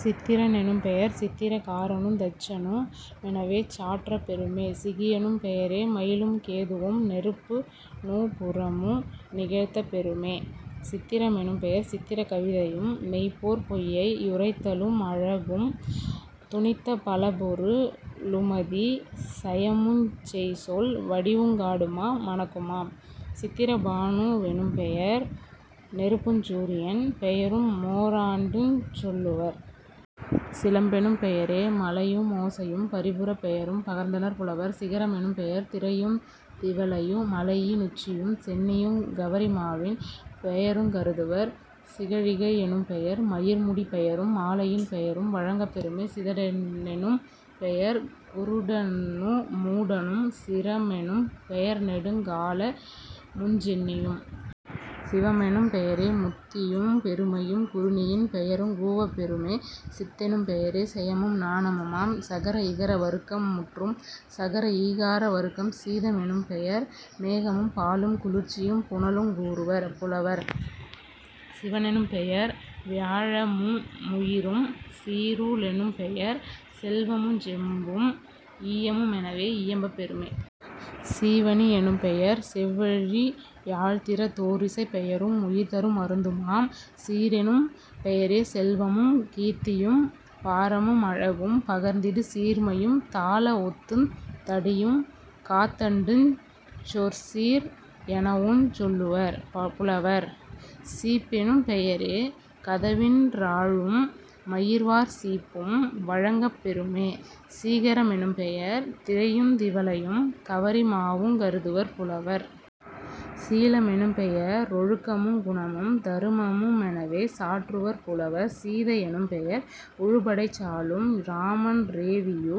சித்திர னெனும்பெயர் சித்திர காரனுந் தச்சனு மெனவே சாற்றப் பெறுமே..... சிகியெனும் பெயரே மயிலும் கேதுவும் நெருப்பு நூபுரமு நிகழ்த்தப் பெறுமே..... சித்திர மெனும்பெயர் சித்திர கவிதையும் மெய்போற் பொய்யை யுரைத்தலு மழகும் துணித்த பலபொரு ளுமதி சயமுஞ் செய்சொல் வடிவுங் காடுமா மணக்குமாம்..... சித்திர பானு வெனும்பெயர் நெருப்புஞ் சூரியன் பெயரு மோராண்டுஞ் சொல்லுவர்..... சிலம்பெனும் பெயரே மலையு மோசையும் பரிபுரப் பெயரும் பகர்ந்தனர் புலவர்..... சிகர மெனும்பெயர் திரையுந் திவலையு। மலையி னுச்சியும் சென்னியுங் கவரி மாவின் பெயருங் கருதுவர்..... சிகழிகை யெனும்பெயர் மயிர்முடிப் பெயரும் மாலையின் பெயரும் வழங்கப் பெறுமே..... சிதட னெனும்பெயர் குருடனு மூடனும்..... சிரமெனும் பெயர்நெடுங் காலமுஞ் சென்னியும்..... சிவமெனும் பெயரே முத்தியும் பெருமையும் குறுணியின் பெயருங் கூவப் பெறுமே..... சித்தெனும் பெயரே செயமும் ஞானமுமாம்..... சகர இகர வருக்கம் முற்றும். சகர ஈகார வருக்கம் சீதம் எனும்பெயர் மேகமும் பாலும் குளிர்ச்சியும் புனலுங் கூறுவர் புலவர்..... சீவ னெனும்பெயர் வியாழமு முயிரும்..... சீரு ளெனும்பெயர் செல்வமுஞ் செம்பும் ஈயமு மெனவே இயம்பப் பெறுமே..... சீவனி யெனும்பெயர் செவ்வழி யாழ்த்திறத் தோரிசைப் பெயரு முயிர்தரு மருந்துமாம்..... சீரெனும் பெயரே செல்வமுங் கீர்த்தியும் பாரமு மழகும் பகர்ந்திடு சீர்மையும் தாள வொத்துந் தடியுங் காத்தண்டுஞ் சொற்சீர் எனவுஞ் சொல்லுவர் புலவர்..... சீப்பெனும் பெயரே கதவின் றாழும் மயிர்வார் சீப்பும் வழங்கப் பெறுமே..... சீகர மெனும்பெயர் திரையுந் திவலையும் கவரி மாவுங் கருதுவர் புலவர்..... சீல மெனும்பெய ரொழுக்கமுங் குணமும் தருமமு மெனவே சாற்றுவர் புலவர்..... சீதை யெனும்பெயர் உழுபடைச் சாலும் இராமன் றேவியு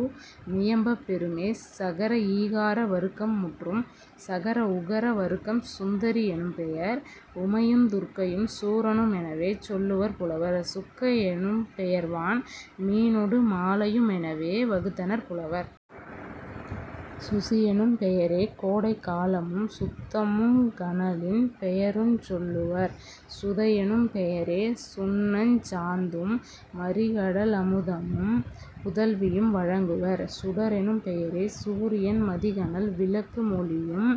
மியம்பப் பெறுமே..... சகர ஈகார வருக்கம் முற்றும். சகர உகர வருக்கம் சுந்தரி யெனும்பெயர் உமையுந் துர்க்கையும் சூரனு மெனவே சொல்லுவர் புலவர்..... சுக்கை யெனும்பெ யர்வான் மீனொடு மாலையு மெனவே வகுத்தனர் புலவர்..... சுசியெனும் பெயரே கோடைக் காலமும் சுத்தமுங் கனலின் பெயருஞ் சொல்லுவர்..... சுதையெனும் பெயரே சுண்ணச் சாந்தும் மறிகட லமுதமும் புதல்வியும் வழங்குவர்..... சுடரெனும் பெயரே சூரியன் மதிகனல் விளக்கு மொளியும்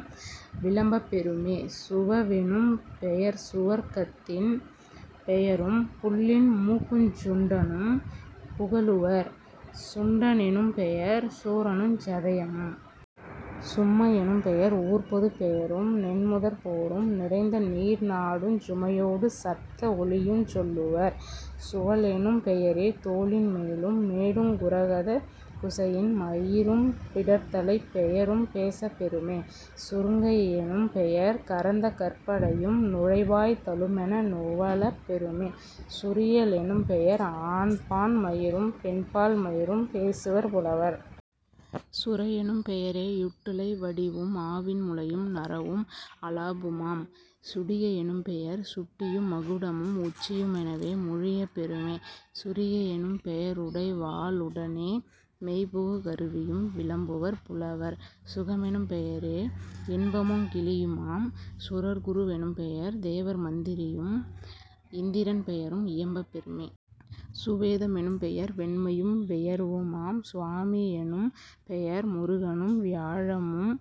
விளம்பப் பெறுமே..... சுவவெனும் பெயர்சுவர்க் கத்தின் பெயரும் புள்ளின் மூக்குஞ் சுண்டனும் புகலுவர்..... சுண்ட னெனும்பெயர் சூரனுஞ் சதையமும்..... சும்மை யெனும்பெயர் ஊர்ப்பொதுப் பெயரும் நென்முதற் போரும் நிறைந்த நீர்நாடுஞ் சுமையோடு சத்த வொலியுஞ் சொல்லுவர்..... சுவலெனும் பெயரே தோளின் மேலும் மேடுங் குரகதக் குசையின் மயிரும் பிடர்த்தலைப் பெயரும் பேசப் பெறுமே..... சுருங்கை யெனும்பெயர் கரந்த கற்படையும் நுழைவாய் தலுமென நுவலப் பெறுமே..... சுரிய லெனும்பெயர் ஆண்பான் மயிரும் பெண்பால் மயிரும் பேசுவர் புலவர்..... சுரையெனும் பெயரே யுட்டுளை வடிவும் ஆவின் முலையும் நறவும் அலாபுமாம்..... சுடிகை யெனும்பெயர் சுட்டியு மகுடமும் உச்சியு மெனவே மொழியப் பெறுமே..... சுரிகை யெனும்பெய ருடைவா ளுடனே மெய்புகு கருவியும் விளம்புவர் புலவர்..... சுகமெனும் பெயரே யின்பமுங் கிளியுமாம்..... சுரர்குரு வெனும்பெயர் தேவர் மந்திரியும் இந்திரன் பெயரும் இயம்பப் பெறுமே..... சுவேத மெனும்பெயர் வெண்மையும் வெயர்வுமாம்..... சுவாமி யெனும்பெயர் முருகனும் வியாழமும்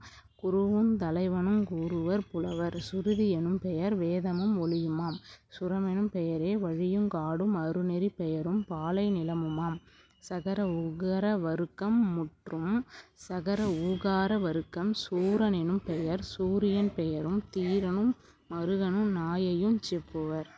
குருவுந் தலைவனுங் கூறுவர் புலவர்..... சுருதி யெனும்பெயர் வேதமும் ஒலியுமாம்..... சுரமெனும் பெயரே வழியுங் காடும் அருநெறிப் பெயரும் பாலை நிலமுமாம்..... சகர உகர வருக்கம் முற்றும். சகர ஊகார வருக்கம் சூர னெனும்பெயர் சூரியன் பெயரும் தீரனு மருகனு நாயையுஞ் செப்புவர்.